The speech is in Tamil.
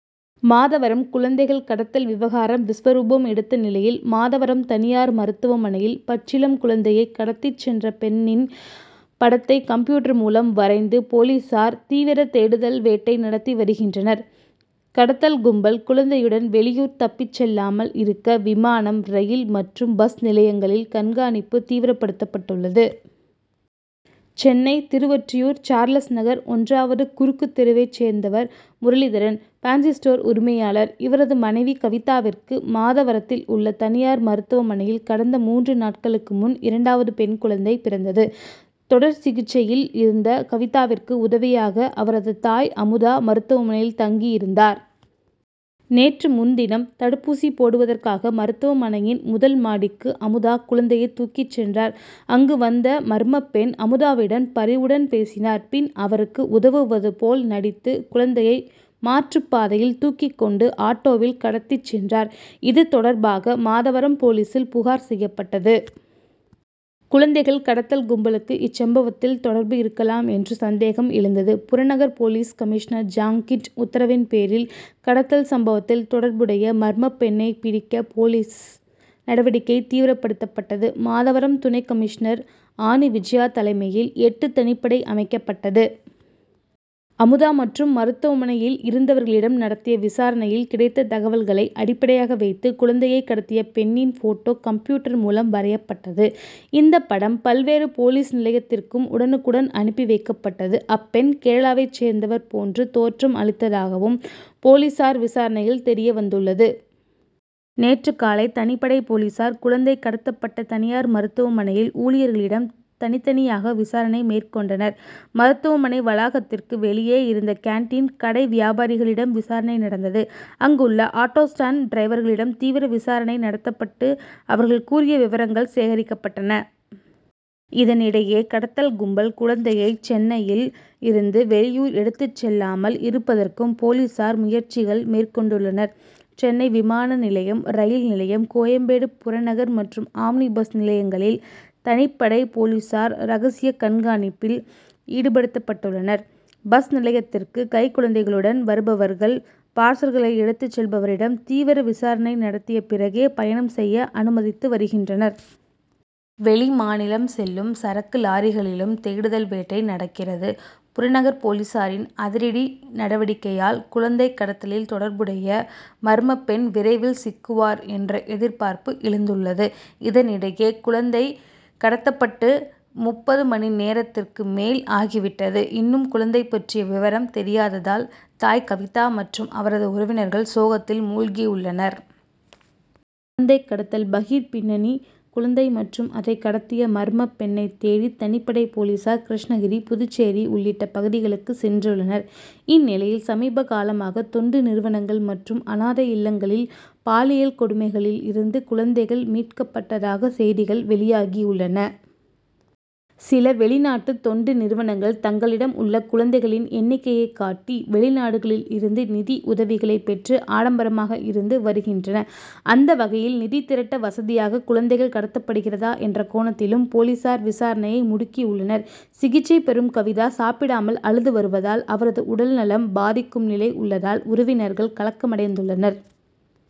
மாதவரம் குழந்தைகள் கடத்தல் விவகாரம் விஸ்வரூபம் எடுத்த நிலையில், மாதவரம் தனியார் மருத்துவமனையில் பச்சிளம் குழந் தையை கடத்திச் சென்ற பெண்ணின் படத்தை கம்ப்யூட்டர் மூலம் வரைந்து, போலீசார் தீவிர தேடுதல் வேட்டை நடத்தி வருகின்றனர். கடத்தல் கும்பல், குழந்தையுடன் வெளியூர் தப்பிச் செல்லாமல் இருக்க, விமானம், ரயில் மற்றும் பஸ் நிலையங்களில் கண்காணிப்பு தீவிரப்படுத்தப்பட்டுள்ளது. சென்னை திருவொற்றியூர் சார்லஸ் நகர் ஒன்றாவது குறுக்கு தெருவைச் சேர்ந்தவர் முரளிதரன் பேன்சி ஸ்டோர் உரிமையாளர். இவரது மனைவி கவிதாவிற்கு, மாதவரத்தில் உள்ள தனியார் மருத்துவமனையில் கடந்த மூன்று நாட்களுக்கு முன், இரண்டாவது பெண் குழந்தை பிறந்தது. தொடர் சிகிச்சையில் இருந்த கவிதாவிற்கு உதவியாக அவரது தாய் அமுதா மருத்துவமனையில் தங்கி இருந்தார். நேற்று முன்தினம் தடுப்பூசி போடுவதற்காக மருத்துவமனையின் முதல் மாடிக்கு அமுதா குழந்தையை தூக்கிச் சென்றார். அங்கு வந்த மர்மப் பெண், அமுதாவிடம் பரிவுடன் பேசினார். பின் அவருக்கு உதவுவது போல் நடித்து குழந்தையை மாற்றுப் பாதையில் தூக்கிக் கொண்டு ஆட்டோவில் கடத்திச் சென்றார். இது தொடர்பாக மாதவரம் போலீசில் புகார் செய்யப்பட்டது. குழந்தைகள் கடத்தல் கும்பலுக்கு இச்சம்பவத்தில் தொடர்பிருக்கலாம் என்ற சந்தேகம் எழுந்தது. புறநகர் போலீஸ் கமிஷனர் ஜாங்கிட் உத்தரவின் பேரில், கடத்தல் சம்பவத்தில் தொடர்புடைய மர்மப் பெண்ணை பிடிக்க போலீஸ் நடவடிக்கை தீவிரப்படுத்தப்பட்டது. மாதவரம் துணை கமிஷனர் ஆனி விஜயா தலைமையில் எட்டு தனிப்படை அமைக்கப்பட்டது. அமுதா மற்றும் மருத்துவமனையில் இருந்தவர்களிடம் நடத்திய விசாரணையில் கிடைத்த தகவல்களை அடிப்படையாக வைத்து, குழந்தையை கடத்திய பெண்ணின் போட்டோ கம்ப்யூட்டர் மூலம் வரையப்பட்டது. இந்த படம் பல்வேறு போலீஸ் நிலையத்திற்கும் உடனுக்குடன் அனுப்பி வைக்கப்பட்டது. அப்பெண் கேரளாவைச் சேர்ந்தவர் போன்று தோற்றம் அளித்ததாகவும் போலீசார் விசாரணையில் தெரியவந்துள்ளது. நேற்று காலை தனிப்படை போலீசார், குழந்தை கடத்தப் பட்ட தனியார் மருத்துவமனையில், ஊழியர்களிடம் தனித்தனியாக விசாரணை மேற்கொண்டனர். மருத்துவமனை வளாகத்திற்கு வெளியே இருந்த கேன்டீன், கடை வியாபாரிகளிடம் விசாரணை நடந்தது. அங்குள்ள ஆட்டோ ஸ்டாண்ட் டிரைவர்களிடம் தீவிர விசாரணை நடத்தப்பட்டு, அவர்கள் கூறிய விவரங்கள் சேகரிக்கப்பட்டன. இதனிடையே கடத்தல் கும்பல், குழந்தையை சென்னையில் இருந்து வெளியூர் எடுத்துச் செல்லாமல் இருப்பதற்கும் போலீசார் முயற்சிகள் மேற் கொண்டுள்ளனர். சென்னை விமான நிலையம், ரயில் நிலையம், கோயம்பேடு புறநகர் மற்றும் ஆம்னி பஸ் நிலையங்களில் தனிப்படை போலீசார் ரகசிய கண்காணிப்பில் ஈடுபடுத்தப் பட்டுள்ளனர். பஸ் நிலையத்திற்கு கைக்குழந்தைகளுடன் வருபவர்கள், பார்சல்களை எடுத்துச் செல்பவரிடம் தீவிர விசாரணை நடத்திய பிறகே பயணம் செய்ய அனுமதித்து வருகின்றனர். வெளிமாநிலம் செல்லும் சரக்குலாரிகளிலும் தேடுதல் வேட்டை நடக்கிறது. புறநகர் போலீசாரின் அதிரடி நடவடிக்கையால், குழந்தை கடத்தலில் தொடர்புடைய மர்மப் பெண் விரைவில் சிக்குவார் என்ற எதிர்பார்ப்பு எழுந் துள்ளது. இதனிடையே, குழந்தை கடத்தப்பட்டு முப்பது மணி நேரத்திற்கு மேல் ஆகிவிட்டது. இன்னும் குழந்தை பற்றிய விவரம் தெரியாததால், தாய் கவிதா மற்றும் அவரது உறவினர்கள் சோகத்தில் மூழ்கியுள்ளனர். குழந்தை கடத்தல் பகீர் பின்னணி குழந்தை மற்றும் அதை கடத்திய மர்மப் பெண்ணைத் தேடி தனிப்படை போலீசார், கிருஷ்ணகிரி, புதுச்சேரி உள்ளிட்ட பகுதிகளுக்கு சென்றுள்ளனர். இந்நிலையில், சமீப காலமாக தொண்டு நிறுவனங்கள் மற்றும் அனாதை இல்லங்களில் பாலியல் கொடுமைகளில் இருந்து குழந்தைகள் மீட்கப்பட்டதாக செய்திகள் வெளியாகியுள்ளன. சில வெளிநாட்டு தொண்டு நிறுவனங்கள் தங்களிடம் உள்ள குழந்தைகளின் எண்ணிக்கையை காட்டி, வெளிநாடுகளில் இருந்து நிதி உதவிகளை பெற்று ஆடம்பரமாக இருந்து வருகின்றன. அந்த வகையில் நிதி திரட்ட வசதியாக குழந்தைகள் கடத்தப்படுகிறதா என்ற கோணத்திலும் போலீசார் விசாரணையை முடுக்கி உள்ளனர். சிகிச்சை பெறும் கவிதா சாப்பிடாமல் அழுது வருவதால், அவரது உடல் நலம் பாதிக்கும் நிலை உள்ளதால் உறவினர்கள் கலக்கமடைந்துள்ளனர்.